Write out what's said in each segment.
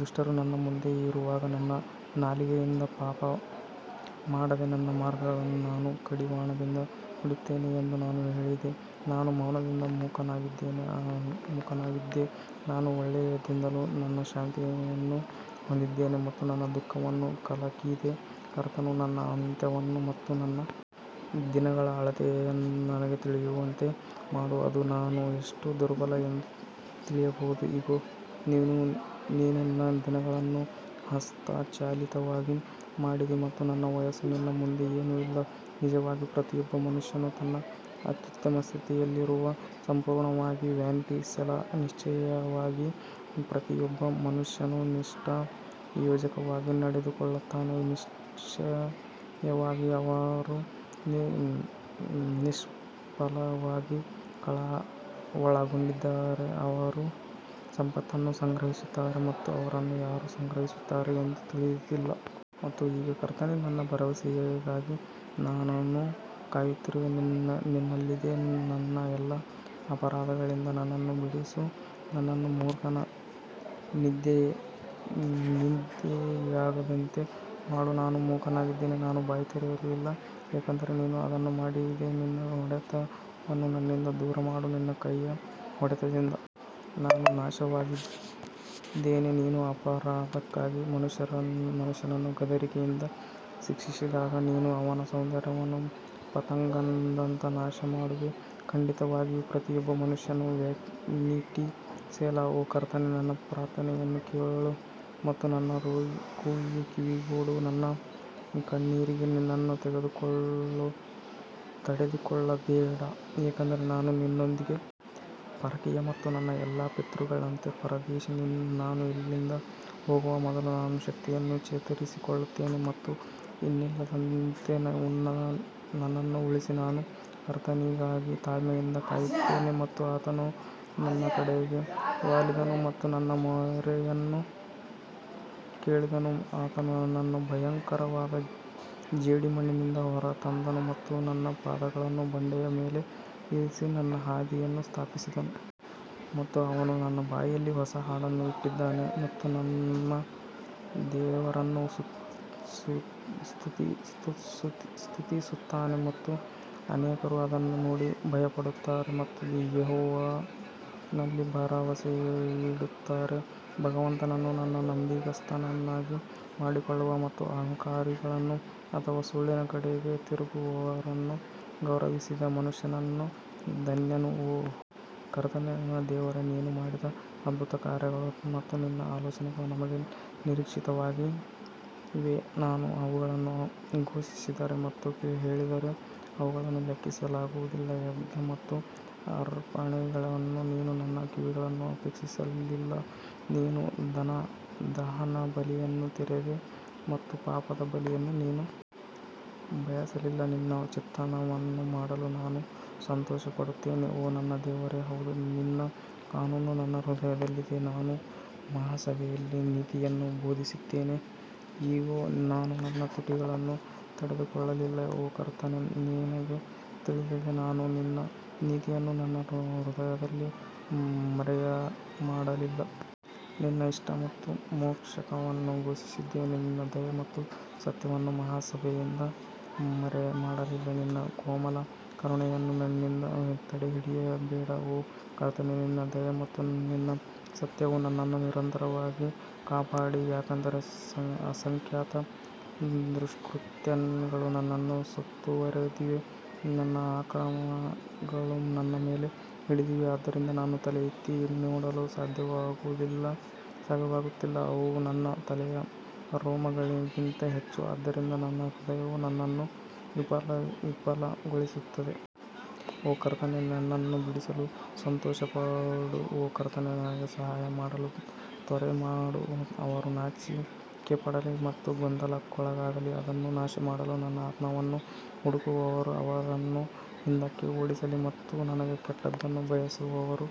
ದುಷ್ಟರು ನನ್ನ ಮುಂದೆ ಇರುವಾಗ ನನ್ನ ನಾಲಿಗೆಯಿಂದ ಪಾಪ ಮಾಡದೆ ನನ್ನ ಮಾರ್ಗಗಳನ್ನು ನಾನು ಕಡಿವಾಣದಿಂದ ಇಡುತ್ತೇನೆ ಎಂದು ನಾನು ಹೇಳಿದೆ ನಾನು ಮೌನದಿಂದ ಮೂಕನಾಗಿದ್ದೆ, ನಾನು ಒಳ್ಳೆಯದಿಂದಲೂ ನನ್ನ ಶಾಂತಿಯನ್ನು ಹೊಂದಿದ್ದೇನೆ ಮತ್ತು ನನ್ನ ದುಃಖವನ್ನು ಕಲಕಿದೆ ಕರ್ತನು ನನ್ನ ಅಂತ್ಯವನ್ನು ಮತ್ತು ನನ್ನ ದಿನಗಳ ಅಳತೆಯನ್ನು ನನಗೆ ತಿಳಿಯುವಂತೆ ಮಾಡು, ಅದು ನಾನು ಎಷ್ಟು ದುರ್ಬಲ ಎಂದು ತಿಳಿಯಬಹುದು ಇಗೋ, ನೀನು ನನ್ನ ದಿನಗಳನ್ನು ಹಸ್ತಚಾಲಿತವಾಗಿ ಮಾಡಿದಿ ಮತ್ತು ನನ್ನ ವಯಸ್ಸು ನಿನ್ನ ಮುಂದೆ ಏನೂ ಇಲ್ಲ, ನಿಜವಾಗಿ ಪ್ರತಿಯೊಬ್ಬ ಮನುಷ್ಯನು ತನ್ನ ಅತ್ಯುತ್ತಮ ಸ್ಥಿತಿಯಲ್ಲಿರುವುದು ಸಂಪೂರ್ಣವಾಗಿ ವ್ಯಾನಿಟಿ ಸೆಲಾ ನಿಶ್ಚಯವಾಗಿ ಪ್ರತಿಯೊಬ್ಬ ಮನುಷ್ಯನು ನಿಷ್ಪ್ರಯೋಜಕವಾಗಿ ನಡೆದುಕೊಳ್ಳುತ್ತಾನೆ, ನಿಶ್ಚಯವಾಗಿ ಅವರು ನಿಷ್ಫಲವಾಗಿ ಕಳವಳಗೊಂಡಿದ್ದಾರೆ, ಅವರು ಸಂಪತ್ತನ್ನು ಸಂಗ್ರಹಿಸುತ್ತಾರೆ ಮತ್ತು ಅವರನ್ನು ಯಾರು ಸಂಗ್ರಹಿಸುತ್ತಾರೆ ಎಂದು ತಿಳಿದಿಲ್ಲ. ಮತ್ತು ಈಗ ಕರ್ತನೇ, ನನ್ನ ಭರವಸೆಗಾಗಿ ನಾನು ಕಾಯುತ್ತಿರುವುದು ನಿನ್ನಲ್ಲಿದೆ ನನ್ನ ಎಲ್ಲಾ ಅಪರಾಧಗಳಿಂದ ನನ್ನನ್ನು ಬಿಡಿಸು, ನನ್ನನ್ನು ಮೂರ್ಖನ ನಿಂದೆಯಾಗದಂತೆ ಮಾಡು ನಾನು ಮೂಕನಾಗಿದ್ದೆ ನಾನು ಬಾಯಿ ತೆರೆಯಲಿಲ್ಲ ಏಕೆಂದರೆ ನೀನು ಅದನ್ನು ಮಾಡಿದೆ ನಿನ್ನ ಹೊಡೆತವನ್ನು ನನ್ನಿಂದ ದೂರಮಾಡು ನಿನ್ನ ಕೈಯ ಹೊಡೆತದಿಂದ ನಾನು ನಾಶವಾಗಿದ್ದೇನೆ ನೀನು ಅಪರಾಧಕ್ಕಾಗಿ ಮನುಷ್ಯನನ್ನು ಗದರಿಕೆಯಿಂದ ಶಿಕ್ಷಿಸಿದಾಗ ನೀನು ಅವನ ಸೌಂದರ್ಯವನ್ನು ಪತಂಗದಂತೆ ನಾಶಮಾಡುವೆ, ಖಂಡಿತವಾಗಿಯೂ ಪ್ರತಿಯೊಬ್ಬ ಮನುಷ್ಯನು ವ್ಯಾನಿಟಿ ಸೆಲಾ ಓ ಕರ್ತನೇ ನನ್ನ ಪ್ರಾರ್ಥನೆಯನ್ನು ಕೇಳು ಮತ್ತು ನನ್ನ ಕೂಗಿಗೆ ಕಿವಿಗೊಡು ನನ್ನ ಕಣ್ಣೀರಿಗೆ ನಿನ್ನನ್ನು ತಡೆದುಕೊಳ್ಳಬೇಡ ಏಕೆಂದರೆ ನಾನು ನಿನ್ನೊಂದಿಗೆ ಪರಕೀಯ ಮತ್ತು ನನ್ನ ಎಲ್ಲಾ ಪಿತೃಗಳಂತೆ ಪರದೇಶಿ ನಾನು ಇಲ್ಲಿಂದ ಹೋಗುವ ಮೊದಲು ನಾನು ಶಕ್ತಿಯನ್ನು ಚೇತರಿಸಿಕೊಳ್ಳುತ್ತೇನೆ ಮತ್ತು ಇನ್ನಿಲ್ಲದಂತೆ ನನ್ನನ್ನು ಉಳಿಸಿ ನಾನು ಕರ್ತನಿಗಾಗಿ ತಾಳ್ಮೆಯಿಂದ ಕಾಯುತ್ತಿದ್ದೆನು ಮತ್ತು ಆತನು ನನ್ನ ಕಡೆಗೆ ವಾಲಿದನು ಮತ್ತು ನನ್ನ ಮೊರೆಯನ್ನು ಕೇಳಿದನು ಆತನು ನನ್ನನ್ನು ಭಯಂಕರವಾದ ಜೇಡಿಮಣ್ಣಿನಿಂದ ಹೊರತಂದನು ಮತ್ತು ನನ್ನ ಪಾದಗಳನ್ನು ಬಂಡೆಯ ಮೇಲೆ ಇರಿಸಿ ನನ್ನ ಹಾದಿಯನ್ನು ಸ್ಥಾಪಿಸಿದನು. ಮತ್ತು ಅವನು ನನ್ನ ಬಾಯಲ್ಲಿ ಹೊಸ ಹಾಡನ್ನು ಇಟ್ಟಿದ್ದಾನೆ ಮತ್ತು ನಮ್ಮ ದೇವರನ್ನು ಸ್ತುತಿಸುತ್ತಾನೆ ಮತ್ತು ಅನೇಕರು ಅದನ್ನು ನೋಡಿ ಭಯಪಡುತ್ತಾರೆ ಮತ್ತು ಯೆಹೋವನಲ್ಲಿ ಭರವಸೆಯಿಡುತ್ತಾರೆ. ಭಗವಂತನನ್ನು ತನ್ನ ನಂಬಿಗಸ್ತನನ್ನಾಗಿ ಮಾಡಿಕೊಳ್ಳುವ ಮತ್ತು ಅಹಂಕಾರಿಗಳನ್ನು ಅಥವಾ ಸುಳ್ಳಿನ ಕಡೆಗೆ ತಿರುಗುವವರನ್ನು ಗೌರವಿಸದ ಮನುಷ್ಯನು ಧನ್ಯನು ಓ ಕರ್ತನೇ, ನನ್ನ ದೇವರೇ, ನೀನು ಮಾಡಿದ ಅದ್ಭುತ ಕಾರ್ಯಗಳು ಮತ್ತು ನಿನ್ನ ಆಲೋಚನೆಗಳು ನಮಗೆ ನಿರೀಕ್ಷಿತವಾಗಿವೆ, ನಾನು ಅವುಗಳನ್ನು ಘೋಷಿಸಿದರೆ ಮತ್ತು ಹೇಳಿದರೆ ಅವುಗಳನ್ನು ಲೆಕ್ಕಿಸಲಾಗುವುದಿಲ್ಲ ಯಜ್ಞ ಮತ್ತು ಅರ್ಪಣೆಗಳನ್ನು ನೀನು ನನ್ನ ಕಿವಿಗಳನ್ನು ಅಪೇಕ್ಷಿಸಲಿಲ್ಲ, ನೀನು ದಹನಬಲಿಯನ್ನು ತೆರೆದೆ ಮತ್ತು ಪಾಪದ ಬಲಿಯನ್ನು ನೀನು ಬಯಸಲಿಲ್ಲ ನಿನ್ನ ಚಿತ್ತವನ್ನು ಮಾಡಲು ನಾನು ಸಂತೋಷಪಡುತ್ತೇನೆ ಓ ನನ್ನ ದೇವರೇ ಹೌದು ನಿನ್ನ ಕಾನೂನು ನನ್ನ ಹೃದಯದಲ್ಲಿದೆ ನಾನು ಮಹಾಸಭೆಯಲ್ಲಿ ನೀತಿಯನ್ನು ಬೋಧಿಸಿದ್ದೇನೆ ಇಗೋ ನಾನು ನನ್ನ ತುಟಿಗಳನ್ನು ತಡೆದುಕೊಳ್ಳಲಿಲ್ಲ ಓ ಕರ್ತನೇ ನಿನಗೆ ತಿಳಿದಿದೆ ನಾನು ನಿನ್ನ ನೀತಿಯನ್ನು ನನ್ನ ಹೃದಯದಲ್ಲಿ ಮರೆಮಾಡಲಿಲ್ಲ, ನಿನ್ನ ನಿಷ್ಠೆ ಮತ್ತು ಮೋಕ್ಷವನ್ನು ಘೋಷಿಸಿದ್ದೇನೆ, ನಿನ್ನ ದಯೆ ಮತ್ತು ಸತ್ಯವನ್ನು ಮಹಾ ಸಭೆಯಿಂದ ಮರೆಮಾಡಲಿಲ್ಲ ನಿನ್ನ ಕೋಮಲ ಕರುಣೆಯನ್ನು ನನ್ನಿಂದ ತಡೆಹಿಡಿಯಬೇಡ ಓ ಕರ್ತನೇ ನಿನ್ನ ದಯೆ ಮತ್ತು ನಿನ್ನ ಸತ್ಯವು ನನ್ನನ್ನು ನಿರಂತರವಾಗಿ ಕಾಪಾಡಲಿ ಯಾಕಂದರೆ ಅಸಂಖ್ಯಾತ ದುಷ್ಕೃತ್ಯಗಳು ನನ್ನನ್ನು ಸುತ್ತುವರೆದಿವೆ, ನನ್ನ ಅಕ್ರಮಗಳು ನನ್ನ ಮೇಲೆ ಹಿಡಿದಿವೆ, ಆದ್ದರಿಂದ ನಾನು ತಲೆಯೆತ್ತಿ ನೋಡಲು ಸಾಧ್ಯವಾಗುತ್ತಿಲ್ಲ, ಅವು ನನ್ನ ತಲೆಯ ರೋಮಗಳಿಗಿಂತ ಹೆಚ್ಚು, ಆದ್ದರಿಂದ ನನ್ನ ಹೃದಯವು ನನ್ನನ್ನು ವಿಫಲಗೊಳಿಸುತ್ತದೆ. ಓ ಕರ್ತನೇ ನನ್ನನ್ನು ಬಿಡಿಸಲು ಸಂತೋಷಪಡು ಓ ಕರ್ತನೇ ನನಗೆ ಸಹಾಯ ಮಾಡಲು ತ್ವರೆ ಮಾಡು ಅವರು ನಾಚಿಕೆಪಡಲಿ ಮತ್ತು ಗೊಂದಲಕ್ಕೊಳಗಾಗಲಿ, ಅದನ್ನು ನಾಶಮಾಡಲು ನನ್ನ ಆತ್ಮವನ್ನು ಹುಡುಕುವವರು ಅವರನ್ನು ಹಿಂದಕ್ಕೆ ಓಡಿಸಲಿ ಮತ್ತು ನನಗೆ ಕೆಟ್ಟದ್ದನ್ನು ಬಯಸುವವರು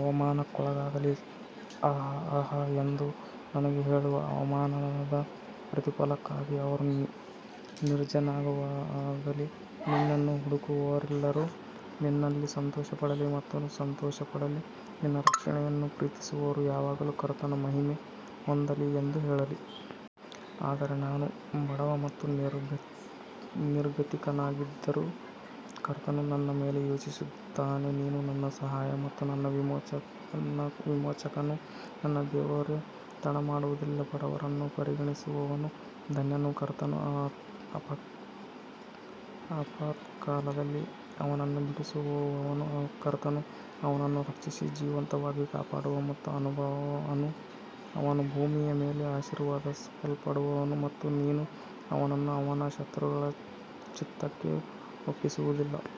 ಅವಮಾನಕ್ಕೊಳಗಾಗಲಿ. ಆಹಾ ಆಹಾ ಎಂದು ನನಗೆ ಹೇಳುವ ಅವಮಾನದ ಪ್ರತಿಫಲಕ್ಕಾಗಿ ಅವರು ನಿರ್ಜನವಾಗಲಿ ನಿನ್ನನ್ನು ಹುಡುಕುವವರೆಲ್ಲರೂ ನಿನ್ನಲ್ಲಿ ಸಂತೋಷಪಡಲಿ ಮತ್ತು ಸಂತೋಷಪಡಲಿ, ನಿನ್ನ ರಕ್ಷಣೆಯನ್ನು ಪ್ರೀತಿಸುವವರು ಯಾವಾಗಲೂ ಕರ್ತನು ಮಹಿಮೆ ಹೊಂದಲಿ ಎಂದು ಹೇಳಲಿ. ಆದರೆ ನಾನು ಬಡವ ಮತ್ತು ನಿರ್ಗತಿಕನಾಗಿದ್ದರೂ ಕರ್ತನು ನನ್ನ ಮೇಲೆ ಯೋಚಿಸುತ್ತಾನೆ ನೀನು ನನ್ನ ಸಹಾಯ ಮತ್ತು ನನ್ನ ವಿಮೋಚಕನು ನನ್ನ ದೇವರೇ ತಡಮಾಡುವುದಿಲ್ಲ ಬಡವರನ್ನು ಪರಿಗಣಿಸುವವನು ಧನ್ಯನು, ಕರ್ತನು ಆಪತ್ಕಾಲದಲ್ಲಿ ಅವನನ್ನು ಬಿಡಿಸುವನು ಕರ್ತನು ಅವನನ್ನು ಸಂರಕ್ಷಿಸಿ ಜೀವಂತವಾಗಿ ಕಾಪಾಡುವನು ಮತ್ತು ಅವನು ಭೂಮಿಯ ಮೇಲೆ ಆಶೀರ್ವದಿಸಲ್ಪಡುವನು ಮತ್ತು ನೀನು ಅವನನ್ನು ಅವನ ಶತ್ರುಗಳ ಚಿತ್ತಕ್ಕೆ ಒಪ್ಪಿಸುವುದಿಲ್ಲ.